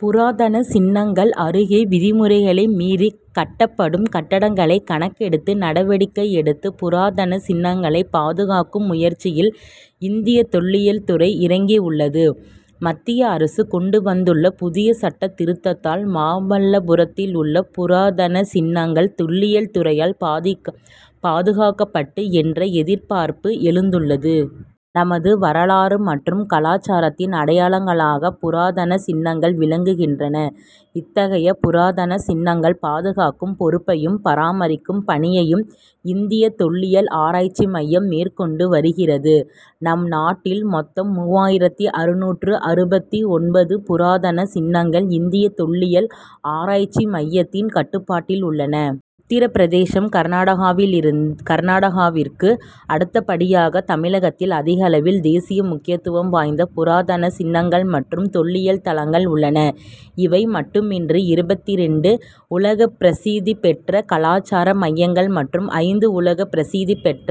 புராதன சின்னங்கள் அருகே விதிமுறைகளை மீறி கட்டப்படும் கட்டடங்களை கணக்கெடுத்து நடவடிக்கை எடுத்து புராதன சின்னங்களை பாதுகாக்கும் முயற்சியில் இந்திய தொல்லியல் துறை இறங்கியுள்ளது. மத்திய அரசு கொண்டு வந்துள்ள புதிய சட்டத் திருத்தத்தால் மாமல்லபுரத்திலுள்ள புராதன சின்னங்கள் தொல்லியல் துறையால் பாதுகாக்கப்படு என்ற எதிர்பார்ப்பு எழுந்துள்ளது. நமது வரலாறு மற்றும் கலாசாரத்தின் அடையாளங்களாக புராதன சின்னங்கள் விளங்குகின்றன. இத்தகைய புராதன சின்னங்கள் பாதுகாக்கும் பொறுப்பையும் பராமரிக்கும் பணியையும் இந்திய தொல்லியல் ஆராய்ச்சி மையம் மேற்கொண்டு வருகிறது. நம்நாட்டில் மொத்தம் மூவாயிரத்து அறுநூற்று அறுபத்து ஒன்பது புராதன சின்னங்கள் இந்திய தொல்லியல் ஆராய்ச்சி மையத்தின் கட்டுப்பாட்டில் உள்ளன. உத்தரபிரதேசம் கர்நாடகாவி கர்நாடகாவிற்கு அடுத்தபடியாக தமிழகத்தில் அதிகளவில் தேசிய முக்கியத்துவம் வாய்ந்த புராதன சின்னங்கள் மற்றும் தொல்லியல் தலங்கள் உள்ளன. இவை மட்டுமின்றி இருபத்திரண்டு உலகப் பிரசித்தி பெற்ற கலாசார மையங்கள் மற்றும் ஐந்து உலகப் பிரசித்தி பெற்ற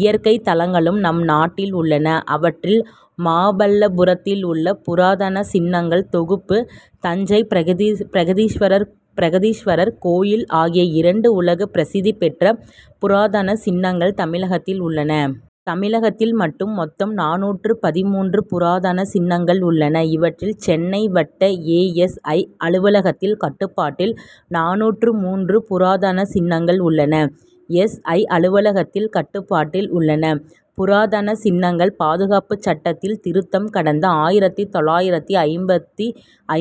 இயற்கை தலங்களும் நம்நாட்டில் உள்ளன. அவற்றில் மாமல்லபுரத்திலுள்ள புராதன சின்னங்கள் தொகுப்பு தஞ்சை பிரகதீஸ்வரர் பிரகதீஸ்வரர் கோயில் ஆகிய இரண்டு உலகப் பிரசித்தி பெற்ற புராதன சின்னங்கள் தமிழகத்தில் உள்ளன. தமிழகத்தில் மட்டும் மொத்தம் நானூற்று பதின்மூன்று புராதன சின்னங்கள் உள்ளன. இவற்றில் சென்னை வட்ட ஏ. எஸ். ஐ. அலுவலகத்தின் கட்டுப்பாட்டில் நானூற்று மூன்று புராதன சின்னங்கள் உள்ளன. எஸ். ஐ. அலுவலகத்தின் கட்டுப்பாட்டில் உள்ளன. புராதன சின்னங்கள் பாதுகாப்பு சட்டத்தில் திருத்தம் கடந்த ஆயிரத்து தொள்ளாயிரத்து ஐம்பத்தி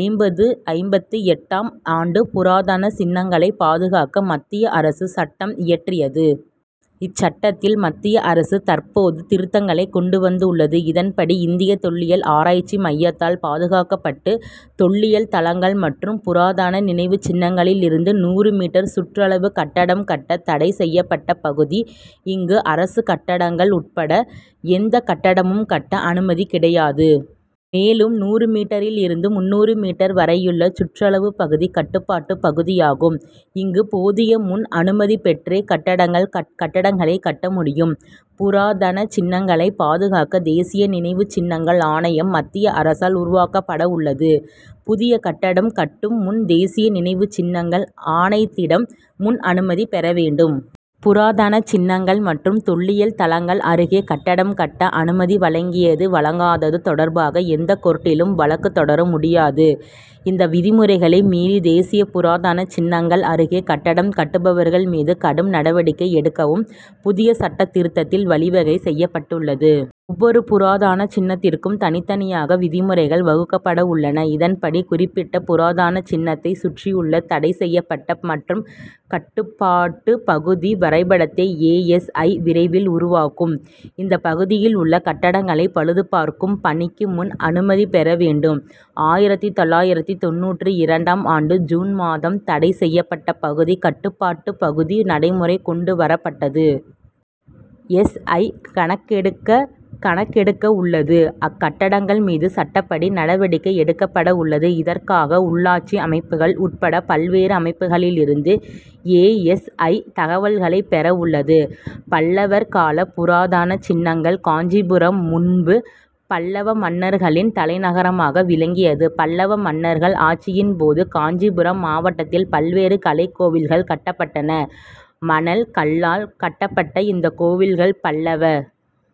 ஐம்பத்து ஐம்பத்து எட்டாம் ஆண்டு புராதன சின்னங்களை பாதுகாக்க மத்திய அரசு சட்டம் இயற்றியது. இச்சட்டத்தில் மத்திய அரசு தற்போது திருத்தங்களை கொண்டு வந்துள்ளது. இதன்படி இந்திய தொல்லியல் ஆராய்ச்சி மையத்தால் பாதுகாக்கப்பட்டு தொல்லியல் தலங்கள் மற்றும் புராதன நினைவுச் சின்னங்களிலிருந்து நூறு மீட்டர் சுற்றளவு கட்டடம் கட்ட தடை செய்யப்பட்ட பகுதி. இங்கு அரசு கட்டடங்கள் உட்பட எந்த கட்டடமும் கட்ட அனுமதி கிடையாது. மேலும் நூறு மீட்டரிலிருந்து முந்நூறு மீட்டர் வரையுள்ள சுற்றளவு பகுதி கட்டுப்பாட்டு பகுதியாகும். இங்கு போதிய முன் அனுமதி பெற்றே கட்டடங்கள் கட்டடங்களை கட்ட முடியும். புராதன சின்னங்களை பாதுகாக்க தேசிய நினைவு சின்னங்கள் ஆணையம் மத்திய அரசால் உருவாக்கப்படவுள்ளது. புதிய கட்டடம் கட்டும் முன் தேசிய நினைவு சின்னங்கள் ஆணையத்திடம் முன் அனுமதி பெற வேண்டும். புராதன சின்னங்கள் மற்றும் தொல்லியல் தலங்கள் அருகே கட்டடம் கட்ட அனுமதி வழங்கியது வழங்காதது தொடர்பாக எந்தக் கோர்ட்டிலும் வழக்கு தொடர முடியாது. இந்த விதிமுறைகளை மீறி தேசிய புராதன சின்னங்கள் அருகே கட்டடம் கட்டுபவர்கள் மீது கடும் நடவடிக்கை எடுக்கவும் புதிய சட்டத் திருத்தத்தில் வழிவகை செய்யப்பட்டுள்ளது. ஒவ்வொரு புராதன சின்னத்திற்கும் தனித்தனியாக விதிமுறைகள் வகுக்கப்படவுள்ளன. இதன்படி குறிப்பிட்ட புராதன சின்னத்தை சுற்றியுள்ள தடை செய்யப்பட்ட மற்றும் கட்டுப்பாட்டு பகுதி வரைபடத்தை ஏ. எஸ். ஐ. விரைவில் உருவாக்கும். இந்த பகுதியிலுள்ள கட்டடங்களை பழுதுபார்க்கும் பணிக்கு முன் அனுமதி பெற வேண்டும். ஆயிரத்து தொள்ளாயிரத்து தொண்ணூற்று இரண்டாம் ஆண்டு ஜூன் மாதம் தடை செய்யப்பட்ட பகுதி கட்டுப்பாட்டு பகுதி நடைமுறை கொண்டு வரப்பட்டது. எஸ். ஐ. கணக்கெடுக்க கணக்கெடுக்கவுள்ளது. அக்கட்டடங்கள் மீது சட்டப்படி நடவடிக்கை எடுக்கப்படவுள்ளது. இதற்காக உள்ளாட்சி அமைப்புகள் உட்பட பல்வேறு அமைப்புகளிலிருந்து ஏ. எஸ். ஐ. தகவல்களை பெறவுள்ளது. பல்லவர் கால புராதான சின்னங்கள் காஞ்சிபுரம் முன்பு பல்லவ மன்னர்களின் தலைநகரமாக விளங்கியது. பல்லவ மன்னர்கள் ஆட்சியின்போது காஞ்சிபுரம் மாவட்டத்தில் பல்வேறு கலைக்கோவில்கள் கட்டப்பட்டன. மணல் கல்லால் கட்டப்பட்ட இந்தக் கோவில்கள் பல்லவ